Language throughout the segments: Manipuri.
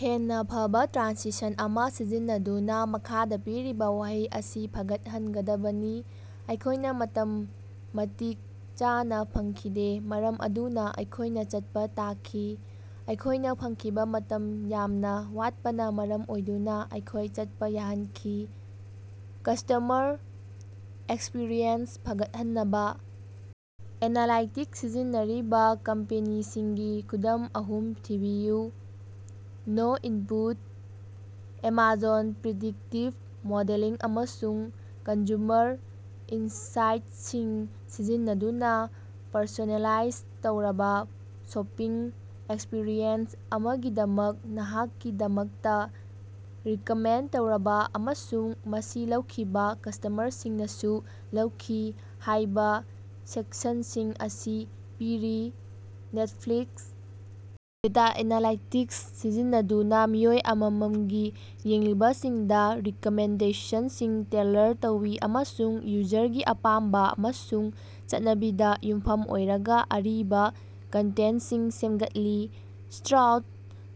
ꯍꯦꯟꯅꯥ ꯐꯕꯥ ꯇ꯭ꯔꯥꯟꯁꯤꯁꯟ ꯑꯃ ꯁꯤꯖꯤꯟꯅꯗꯨꯅ ꯃꯈꯥꯗ ꯄꯤꯔꯤꯕ ꯋꯥꯍꯩ ꯑꯁꯤ ꯐꯒꯠꯍꯟꯒꯗꯕꯅꯤ꯫ ꯑꯩꯈꯣꯏꯅ ꯃꯇꯝ ꯃꯇꯤꯛ ꯆꯥꯅ ꯐꯪꯈꯤꯗꯦ ꯃꯔꯝ ꯑꯗꯨꯅ ꯑꯩꯈꯣꯏꯅ ꯆꯠꯄ ꯇꯥꯈꯤ꯫ ꯑꯩꯈꯣꯏꯅ ꯐꯪꯈꯤꯕ ꯃꯇꯝ ꯌꯥꯝꯅ ꯋꯥꯠꯄꯅ ꯃꯔꯝ ꯑꯣꯏꯗꯨꯅ ꯑꯩꯈꯣꯏ ꯆꯠꯄ ꯌꯥꯍꯟꯈꯤ꯫ ꯀ꯭ꯁꯇꯃꯔ ꯑꯦꯛꯁꯄꯤꯔꯤꯑꯦꯟꯁ ꯐꯒꯠꯍꯟꯅꯕ ꯑꯦꯅꯥꯂꯥꯏꯇꯤꯛꯁ ꯁꯤꯖꯤꯟꯅꯔꯤꯕ ꯀꯝꯄꯦꯅꯤꯁꯤꯡꯒꯤ ꯈꯨꯗꯝ ꯑꯍꯨꯝ ꯊꯤꯕꯤꯌꯨ꯫ No input. Amazon predictive modelling ꯑꯃꯁꯨꯡ ꯀꯟꯖꯨꯃꯔ ꯏꯟꯁꯥꯏꯠꯁꯤꯡ ꯁꯤꯖꯤꯟꯅꯗꯨꯅ ꯄꯔꯁꯣꯅꯦꯂꯥꯏꯖ ꯇꯧꯔꯕ ꯁꯣꯄꯤꯡ ꯑꯦꯛꯁꯄꯤꯔꯤꯑꯦꯟꯁ ꯑꯃꯒꯤꯗꯃꯛ "ꯅꯍꯥꯛꯀꯤꯗꯃꯛꯇ ꯔꯤꯀꯃꯦꯟꯗ ꯇꯧꯔꯕꯥ" ꯑꯃꯁꯨꯡ "ꯃꯁꯤ ꯂꯧꯈꯤꯕ ꯀ꯭ꯁꯇꯃꯔꯁꯤꯡꯅꯁꯨ ꯂꯧꯈꯤ" ꯍꯥꯏꯕ ꯁꯦꯛꯁꯟꯁꯤꯡ ꯑꯁꯤ ꯄꯤꯔꯤ꯫ ꯅꯦꯠꯐ꯭ꯂꯤꯛꯁ ꯗꯦꯇ ꯑꯦꯅꯥꯂꯥꯏꯇꯤꯛꯁ ꯁꯤꯖꯤꯟꯅꯗꯨꯅ ꯃꯤꯑꯣꯏ ꯑꯃꯃꯝꯒꯤ ꯌꯦꯡꯂꯤꯕꯁꯤꯡꯗ ꯔꯤꯀꯃꯦꯟꯗꯦꯁꯟꯁꯤꯡ ꯇꯦꯜꯂꯔ ꯇꯧꯏ ꯑꯃꯁꯨꯡ ꯌꯨꯖꯔꯒꯤ ꯑꯄꯥꯥꯝꯕ ꯑꯃꯁꯨꯡ ꯆꯠꯅꯕꯤꯗ ꯌꯨꯝꯐꯝ ꯑꯣꯏꯔꯒ ꯑꯔꯤꯕ ꯀꯟꯇꯦꯟꯠꯁꯤꯡ ꯁꯦꯝꯒꯠꯂꯤ꯫ ꯁ꯭ꯇꯥꯔꯎꯗ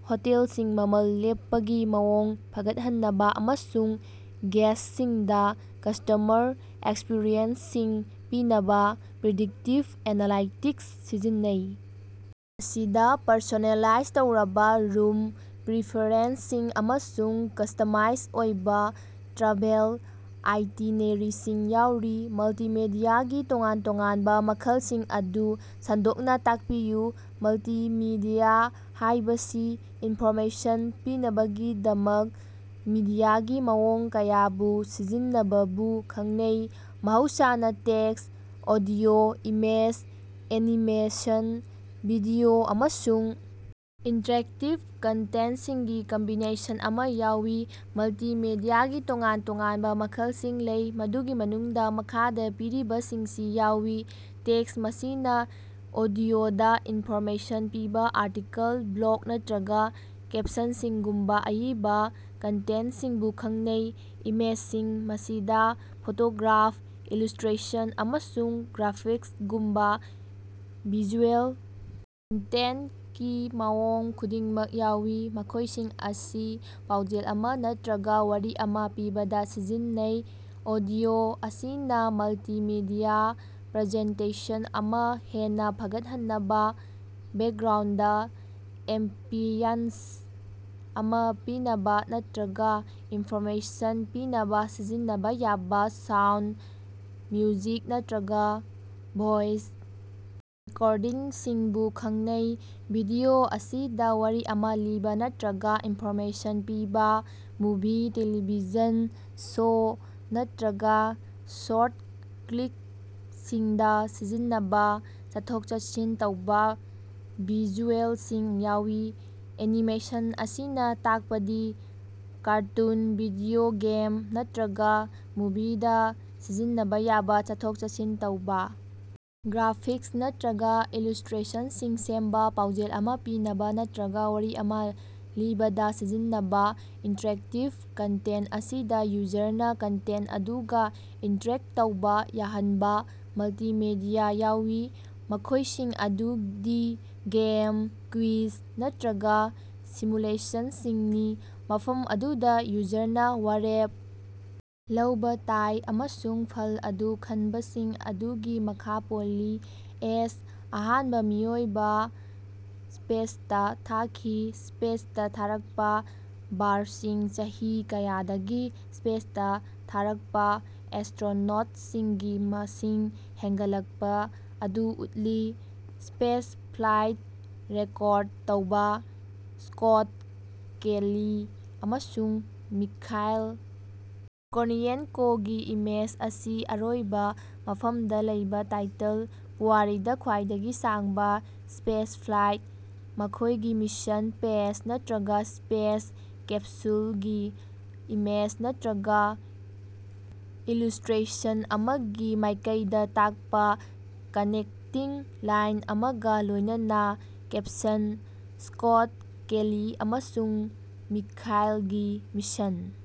ꯍꯣꯇꯦꯜꯁꯤꯡ ꯃꯃꯜ ꯂꯦꯞꯄꯒꯤ ꯃꯑꯣꯡ ꯐꯒꯠꯍꯟꯅꯕ ꯑꯃꯁꯨꯡ ꯒꯦꯁꯁꯤꯡꯗ ꯀ꯭ꯁꯇꯃꯔ ꯑꯦꯛꯁꯄꯔꯤꯌꯦꯟꯁꯁꯤꯡ ꯄꯤꯅꯕ ꯄ꯭ꯔꯤꯗꯤꯛꯇꯤꯚ ꯑꯦꯅꯥꯂꯥꯏꯇꯤꯛꯁ ꯁꯤꯖꯤꯟꯅꯩ, ꯃꯁꯤꯗ ꯄꯔꯁꯣꯅꯦꯂꯥꯏꯖ ꯇꯧꯔꯕ ꯔꯨꯝ ꯄ꯭ꯔꯤꯐꯦꯔꯦꯟꯁꯁꯤꯡ ꯑꯃꯁꯨꯡ ꯀ꯭ꯁꯇꯃꯥꯏꯁ ꯑꯣꯏꯕ ꯇ꯭ꯔꯥꯚꯦꯜ ꯑꯥꯏꯇꯤꯅꯦꯔꯤꯁꯤꯡ ꯌꯥꯎꯔꯤ꯫ ꯃꯜꯇꯤꯃꯦꯗꯤꯌꯥꯒꯤ ꯇꯣꯉꯥꯟ-ꯇꯣꯉꯥꯟꯕ ꯃꯈꯜꯁꯤꯡ ꯑꯗꯨ ꯁꯟꯗꯣꯛꯅ ꯇꯥꯛꯄꯤꯌꯨ꯫ ꯃꯜꯇꯤꯃꯤꯗꯤꯌꯥ ꯍꯥꯏꯕꯁꯤ ꯏꯟꯐꯣꯔꯃꯦꯁꯟ ꯄꯤꯅꯕꯒꯤꯗꯃꯛ ꯃꯤꯗꯤꯌꯥꯒꯤ ꯃꯑꯣꯡ ꯀꯌꯥꯕꯨ ꯁꯤꯖꯤꯟꯅꯕꯕꯨ ꯈꯪꯅꯩ, ꯃꯍꯧꯁꯥꯅ text, audio, image, animation, video, ꯑꯃꯁꯨꯡ ꯏꯟꯇꯔꯦꯛꯇꯤꯚ ꯀꯟꯇꯦꯟꯇꯁꯤꯡꯒꯤ ꯀꯝꯕꯤꯅꯦꯁꯟ ꯑꯃ ꯌꯥꯎꯏ꯫ ꯃꯜꯇꯤꯃꯦꯗꯤꯌꯥꯒꯤ ꯇꯣꯉꯥꯟ-ꯇꯣꯉꯥꯟꯕ ꯃꯈꯜꯁꯤꯡ ꯂꯩ, ꯃꯗꯨꯒꯤ ꯃꯅꯨꯡꯗ ꯃꯈꯥꯗ ꯄꯤꯔꯤꯕꯁꯤꯡꯁꯤ ꯌꯥꯎꯏ: ꯇꯦꯛꯁ ꯃꯁꯤꯅ ꯑꯣꯗꯤꯑꯣꯗꯥ ꯏꯟꯐꯣꯔꯃꯦꯁꯟ ꯄꯤꯕ ꯑꯥꯔꯇꯤꯀꯜ, ꯕ꯭ꯂꯣꯒ ꯅꯠꯇꯔꯒ ꯀꯦꯞꯁꯟꯁꯤꯡꯒꯨꯝꯕ ꯑꯏꯕ ꯀꯟꯇꯦꯟꯠꯁꯤꯡꯕꯨ ꯈꯪꯅꯩ꯫ ꯏꯃꯦꯖꯁꯤꯡ ꯃꯁꯤꯗ ꯐꯣꯇꯣꯒ꯭ꯔꯥꯐ, ꯏꯂꯨꯁꯇ꯭ꯔꯦꯁꯟ, ꯑꯃꯁꯨꯡ ꯒ꯭ꯔꯥꯐꯤꯛꯁꯒꯨꯝꯕ ꯚꯤꯖꯨꯑꯦꯜ ꯀꯟꯇꯦꯟꯠꯀꯤ ꯃꯑꯣꯡ ꯈꯨꯗꯤꯡꯃꯛ ꯌꯥꯎꯏ, ꯃꯈꯣꯏꯁꯤꯡ ꯑꯁꯤ ꯄꯥꯎꯖꯦꯜ ꯑꯃ ꯅꯠꯇꯔꯒ ꯋꯥꯔꯤ ꯑꯃ ꯄꯤꯕꯗ ꯁꯤꯖꯤꯟꯅꯩ꯫ ꯑꯣꯗꯤꯑꯣ ꯑꯁꯤꯅ ꯃꯜꯇꯤꯃꯤꯗꯤꯌ ꯄ꯭ꯔꯖꯦꯟꯇꯦꯁꯟ ꯑꯃ ꯍꯦꯟꯅ ꯐꯒꯠꯍꯟꯅꯕ, ꯕꯦꯛꯒ꯭ꯔꯥꯎꯟꯗ ꯑꯦꯝꯕꯤꯌꯟꯁ ꯑꯃꯥ ꯄꯤꯅꯕ ꯅꯠꯇꯔꯒ ꯏꯟꯐꯣꯔꯃꯦꯁꯟ ꯄꯤꯅꯕ ꯁꯤꯖꯤꯟꯅꯕ ꯌꯥꯕꯥ ꯁꯥꯎꯟꯗ, ꯃ꯭ꯌꯨꯖꯤꯛ ꯅꯠꯇꯔꯒ ꯚꯣꯏꯁ ꯔꯦꯀꯣꯔꯗꯤꯡꯁꯤꯡꯕꯨ ꯈꯪꯅꯩ꯫ ꯚꯤꯗꯤꯑꯣ ꯑꯁꯤꯗ ꯋꯥꯔꯤ ꯑꯃ ꯂꯤꯕ ꯅꯠꯇꯔꯒ ꯏꯟꯐꯣꯔꯃꯦꯁꯟ ꯄꯤꯕ, ꯃꯨꯚꯤ, ꯇꯦꯂꯤꯚꯤꯖꯟ ꯁꯣ ꯅꯠꯇꯔꯒꯥ ꯁ꯭ꯣꯔꯠ ꯀ꯭ꯂꯤꯄꯁꯤꯡꯗ ꯁꯤꯖꯤꯟꯅꯕ ꯆꯠꯊꯣꯛ-ꯆꯠꯁꯤꯟ ꯇꯧꯕ ꯚꯤꯖꯨꯑꯦꯜꯁꯤꯡ ꯌꯥꯎꯏ꯫ ꯑꯦꯅꯤꯃꯦꯁꯟ ꯑꯁꯤꯅ ꯇꯥꯛꯄꯗꯤ ꯀꯥꯔꯇꯨꯟ, ꯚꯤꯗꯤꯑꯣ ꯒꯦꯝ ꯅꯠꯇꯔꯒ ꯃꯨꯚꯤꯗ ꯁꯤꯖꯤꯟꯅꯕ ꯌꯥꯕꯥ ꯆꯠꯊꯣꯛ-ꯆꯠꯁꯤꯟ ꯇꯧꯕ ꯒ꯭ꯔꯥꯐꯤꯛꯁ ꯅꯠꯇꯔꯒ ꯏꯂꯨ꯭ꯁꯇꯔꯦꯁꯟꯁꯤꯡ ꯁꯦꯝꯕ, ꯄꯥꯎꯖꯦꯜ ꯑꯃ ꯄꯤꯅꯕ ꯅꯠꯇꯔꯒ ꯋꯥꯔꯤ ꯑꯃ ꯂꯤꯕꯗ ꯁꯤꯖꯤꯟꯅꯕ꯫ ꯏꯟꯇꯔꯦꯛꯇꯤꯕ ꯀꯟꯇꯦꯟꯠ ꯑꯁꯤꯗ ꯌꯨꯖꯔꯅ ꯀꯟꯇꯦꯟꯠ ꯑꯗꯨꯒ ꯏꯟꯇꯔꯦꯛ ꯇꯧꯕ ꯌꯥꯍꯟꯕ ꯃꯜꯇꯤꯃꯦꯗꯤꯌ ꯌꯥꯎꯏ, ꯃꯈꯣꯏꯁꯤꯡ ꯑꯗꯨꯗꯤ ꯒꯦꯝ, ꯀ꯭ꯋꯤꯖ, ꯅꯠꯇꯔꯒ ꯁꯤꯃꯨꯂꯦꯁꯟꯁꯤꯡꯅꯤ, ꯃꯐꯝ ꯑꯗꯨꯗ ꯌꯨꯖꯔꯅ ꯋꯥꯔꯦꯞ ꯂꯧꯕ ꯇꯥꯏ, ꯑꯃꯁꯨꯡ ꯐꯜ ꯑꯗꯨ ꯈꯟꯕꯁꯤꯡ ꯑꯗꯨꯒꯤ ꯃꯈꯥ ꯄꯣꯜꯂꯤ꯫ ꯑꯦꯁ, ꯑꯍꯥꯟꯕ ꯃꯤꯑꯣꯏꯕ ꯁ꯭ꯄꯦꯁꯇꯥ ꯊꯥꯈꯤ꯫ ꯁ꯭ꯄꯦꯁꯇꯥ ꯊꯥꯔꯛꯄ꯫ ꯕꯥꯔꯁꯤꯡ: ꯆꯍꯤ ꯀꯌꯥꯗꯒꯤ ꯁ꯭ꯄꯦꯁꯇ ꯊꯥꯔꯛꯄ ꯑꯦꯁꯇ꯭ꯔꯣꯅꯣꯠꯁꯤꯡꯒꯤ ꯃꯁꯤꯡ ꯍꯦꯡꯒꯠꯂꯛꯄ ꯑꯗꯨ ꯎꯠꯂꯤ꯫ ꯁ꯭ꯄꯦꯁꯐ꯭ꯂꯥꯏꯠ ꯔꯦꯀ꯭ꯣꯔꯗ ꯇꯧꯕꯥ: ꯁ꯭ꯀꯣꯠ ꯀꯦꯂꯤ ꯑꯃꯁꯨꯡ ꯃꯤꯈꯥꯏꯜ ꯀꯣꯔꯅꯤꯌꯦꯟꯀꯣꯒꯤ ꯏꯃꯦꯖ ꯑꯁꯤ ꯑꯔꯣꯏꯕ ꯃꯐꯃꯗ ꯂꯩꯕ ꯇꯥꯏꯇꯜ: ꯄꯨꯋꯥꯔꯤꯗ ꯈ꯭ꯋꯥꯏꯗꯒꯤ ꯁꯥꯡꯕ ꯁ꯭ꯄꯦꯁꯐ꯭ꯂꯥꯏꯠ, ꯃꯈꯣꯏꯒꯤ ꯃꯤꯁꯟ ꯄꯦꯠꯆ ꯅꯠꯇꯔꯒ ꯁ꯭ꯄꯦꯁ ꯀꯦꯞꯁꯨꯂꯒꯤ ꯏꯃꯦꯖ ꯅꯠꯇꯔꯒ ꯏꯂꯨ꯭ꯁꯇ꯭ꯔꯦꯁꯟ ꯑꯃꯒꯤ ꯃꯥꯏꯀꯩꯗ ꯇꯥꯛꯄ ꯀꯅꯦꯛꯇꯤꯡ ꯂꯥꯏꯟ ꯑꯃꯒꯥ ꯂꯣꯏꯅꯅ ꯀꯦꯞꯁꯟ: ꯁ꯭ꯀꯣꯠ ꯀꯦꯂꯤ ꯑꯃꯁꯨꯡ ꯃꯤꯈꯥꯏꯂꯒꯤ ꯃꯤꯁꯟ꯫